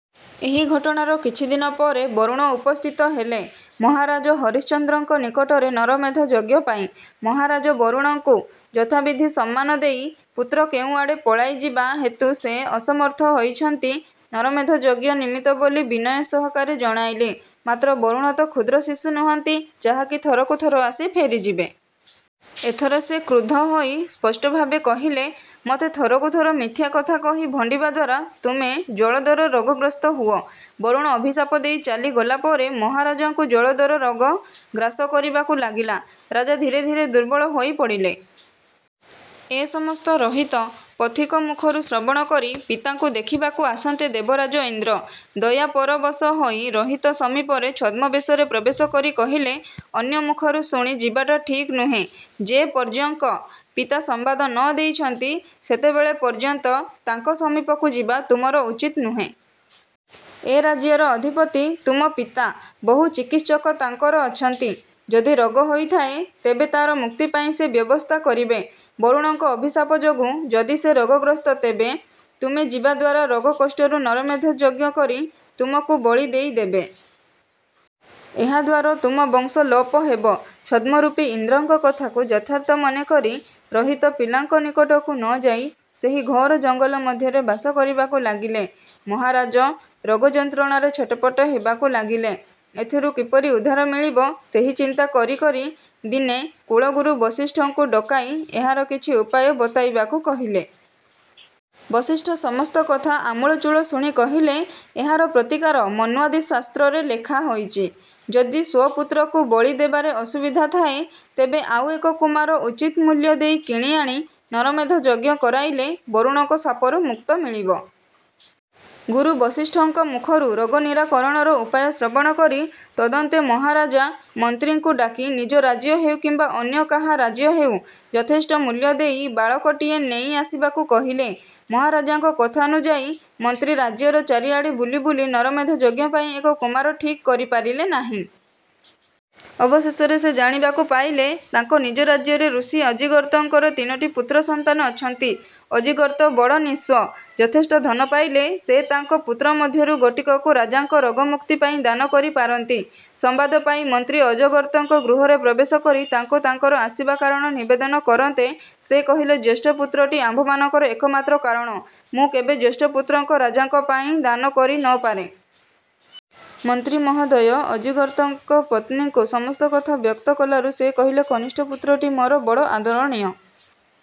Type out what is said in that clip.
ଏହି ଘଟଣାର କିଛିଦିନ ପରେ ବରୁଣ ଉପସ୍ଥିତ ହେଲେ ମହାରାଜ ହରିଶ୍ଚନ୍ଦ୍ରଙ୍କ ନିକଟରେ ନରମେଧ ଯଜ୍ଞ ପାଇଁ। ମହାରାଜ ବରୁଣଙ୍କୁ ଯଥାବିଧି ସମ୍ମାନ ଦେଇ ପୁତ୍ର କେଉଁଆଡ଼େ ପଳାଇଯିବା ହେତୁ ସେ ଅସମର୍ଥ ହୋଇଛନ୍ତି ନରମେଧ ଯଜ୍ଞ ନିମିତ୍ତ ବୋଲି ବିନୟ ସହକାରେ ଜଣାଇଲେ। ମାତ୍ର ବରୁଣ ତ କ୍ଷୁଦ୍ର ଶିଶୁ ନୁହନ୍ତି, ଯାହାକି ଥରକୁ ଥର ଆସି ଫେରିଯିବେ! ଏଥର ସେ କ୍ରୁଦ୍ଧ ହୋଇ ସ୍ପଷ୍ଟଭାବେ କହିଲେ, ''ମୋତେ ଥରକୁ ଥର ମିଥ୍ୟା କଥା କହି ଭଣ୍ଡିବା ଦ୍ୱାରା ତୁମେ ଜଳୋଦର ରୋଗଗ୍ରସ୍ତ ହୁଅ। '' ବରୁଣ ଅଭିଶାପ ଦେଇ ଚାଲି ଗଲାପରେ ମହାରାଜାଙ୍କୁ ଜଳୋଦର ରୋଗ ଗ୍ରାସ କରିବାକୁ ଲାଗିଲା। ରାଜା ଧୀରେ ଧୀରେ ଦୁର୍ବଳ ହୋଇ ପଡ଼ିଲେ। ଏ ସମସ୍ତ ରୋହିତ ପଥିକ ମୁଖରୁ ଶ୍ରବଣକରି ପିତାଙ୍କୁ ଦେଖିବାକୁ ଆସନ୍ତେ ଦେବରାଜ ଇନ୍ଦ୍ର ଦୟାପରବଶ ହୋଇ ରୋହିତ ସମୀପରେ ଛଦ୍ମବେଶରେ ପ୍ରବେଶ କରି କହିଲେ, ଅନ୍ୟ ମୁଖରୁ ଶୁଣି ଯିବାଟା ଠିକ୍ ନୁହେଁ। ଯେ ପର୍ଯ୍ୟଙ୍କ ପିତା ସମ୍ୱାଦ ନ ଦେଇଛନ୍ତି ସେତେବେଳେ ପର୍ଯ୍ୟନ୍ତ ତାଙ୍କ ସମୀପକୁ ଯିବା ତୁମର ଉଚିତ୍ ନୁହେଁ। ଏ ରାଜ୍ୟର ଅଧିପତି ତୁମ ପିତା। ବହୁ ଚିକିତ୍ସକ ତାଙ୍କର ଅଛନ୍ତି। ଯଦି ରୋଗ ହୋଇଥାଏ, ତେବେ ତା'ର ମୁକ୍ତି ପାଇଁ ସେ ବ୍ୟବସ୍ଥା କରିବେ। ବରୁଣଙ୍କ ଅଭିଶାପ ଯୋଗୁଁ ଯଦି ସେ ରୋଗଗ୍ରସ୍ତ ତେବେ ତୁମେ ଯିବା ଦ୍ୱାରା ରୋଗ କଷ୍ଟରୁ ନରମେଧ ଯଜ୍ଞ କରି ତୁମକୁ ବଳି ଦେଇ ଦେବେ। ଏହା ଦ୍ୱାର ତୁମ ବଂଶ ଲୋପ ହେବ। ଛଦ୍ମରୂପୀ ଇନ୍ଦ୍ରଙ୍କ କଥାକୁ ଯଥାର୍ଥ ମନେକରି ରୋହିତ ପିତାଙ୍କ ନିକଟକୁ ନ ଯାଇ ସେହି ଘୋର ଜଙ୍ଗଲ ମଧ୍ୟରେ ବାସ କରିବାକୁ ଲାଗିଲେ! ମହାରାଜ ରୋଗ ଯନ୍ତ୍ରଣାରେ ଛଟପଟ ହେବାକୁ ଲାଗିଲେ। ଏଥିରୁ କିପରି ଉଦ୍ଧାର ମିଳିବ ସେହି ଚିନ୍ତା କରି କରି ଦିନେ କୁଳଗୁରୁ ବଶିଷ୍ଠଙ୍କୁ ଡକାଇ ଏହାର କିଛି ଉପାୟ ବତାଇବାକୁ କହିଲେ। ବଶିଷ୍ଠ ସମସ୍ତ କଥା ଆମୂଳଚୂଳ ଶୁଣି କହିଲେ, ଏହାର ପ୍ରତିକାର ମନ୍ୱାଦି ଶାସ୍ତ୍ରରେ ଲେଖା ହୋଇଛି। ଯଦି ସ୍ୱପୁତ୍ରକୁ ବଳି ଦେବାରେ ଅସୁବିଧା ଥାଏ, ତେବେ ଆଉ ଏକ କୁମାର ଉଚିତ୍ ମୂଲ୍ୟ ଦେଇ କିଣିଆଣି ନରମେଧ ଯଜ୍ଞ କରାଇଲେ ବରୁଣଙ୍କ ଶାପରୁ ମୁକ୍ତ ମିଳିବ। ଗୁରୁ ବଶିଷ୍ଠଙ୍କ ମୁଖରୁ ରୋଗ ନିରାକରଣର ଉପାୟ ଶ୍ରବଣକରି ତଦନ୍ତେ ମହାରାଜା ମନ୍ତ୍ରୀଙ୍କୁ ଡାକି ନିଜ ରାଜ୍ୟ ହେଉ କିମ୍ୱା ଅନ୍ୟ କାହା ରାଜ୍ୟ ହେଉ ଯଥେଷ୍ଟ ମୂଲ୍ୟ ଦେଇ ବାଳକଟିଏ ନେଇ ଆସିବାକୁ କହିଲେ। ମହାରାଜାଙ୍କ କଥାନୁଯାୟୀ ମନ୍ତ୍ରୀ ରାଜ୍ୟର ଚାରିଆଡ଼େ ବୁଲି ବୁଲି ନରମେଧ ଯଜ୍ଞ ପାଇଁ ଏକ କୁମାର ଠିକ୍ କରିପାରିଲେ ନାହିଁ। ଅବଶେଷରେ ସେ ଜାଣିବାକୁ ପାଇଲେ ତାଙ୍କ ନିଜ ରାଜ୍ୟରେ ଋଷି ଅଜିଗର୍ତ୍ତଙ୍କର ତିନୋଟି ପୁତ୍ର ସନ୍ତାନ ଅଛନ୍ତି। ଅଜିଗର୍ତ୍ତ ବଡ଼ ନିଃସ୍ୱ। ଯଥେଷ୍ଟ ଧନ ପାଇଲେ ସେ ତାଙ୍କ ପୁତ୍ର ମଧ୍ୟରୁ ଗୋଟିକକୁ ରାଜାଙ୍କ ରୋଗମୁକ୍ତି ପାଇଁ ଦାନ କରିପାରନ୍ତି। ସମ୍ୱାଦ ପାଇ ମନ୍ତ୍ରୀ ଅଜିଗର୍ତ୍ତଙ୍କ ଗୃହରେ ପ୍ରବେଶ କରି ତାଙ୍କୁ ତାଙ୍କର ଆସିବା କାରଣ ନିବେଦନ କରନ୍ତେ ସେ କହିଲେ ଜ୍ୟେଷ୍ଠ ପୁତ୍ରଟି ଆମ୍ଭମାନଙ୍କର ଏକମାତ୍ର କାରଣ ମୁଁ କେବେ ଜ୍ୟେଷ୍ଠ ପୁତ୍ରଙ୍କ ରାଜାଙ୍କ ପାଇଁ ଦାନ କରି ନ ପାରେ। ମନ୍ତ୍ରୀ ମହୋଦୟ ଅଜିଗର୍ତ୍ତଙ୍କ ପତ୍ନୀଙ୍କୁ ସମସ୍ତ କଥା ବ୍ୟକ୍ତ କଲାରୁ ସେ କହିଲେ କନିଷ୍ଠ ପୁତ୍ରଟି ମୋର ବଡ଼ ଆଦରଣୀୟ।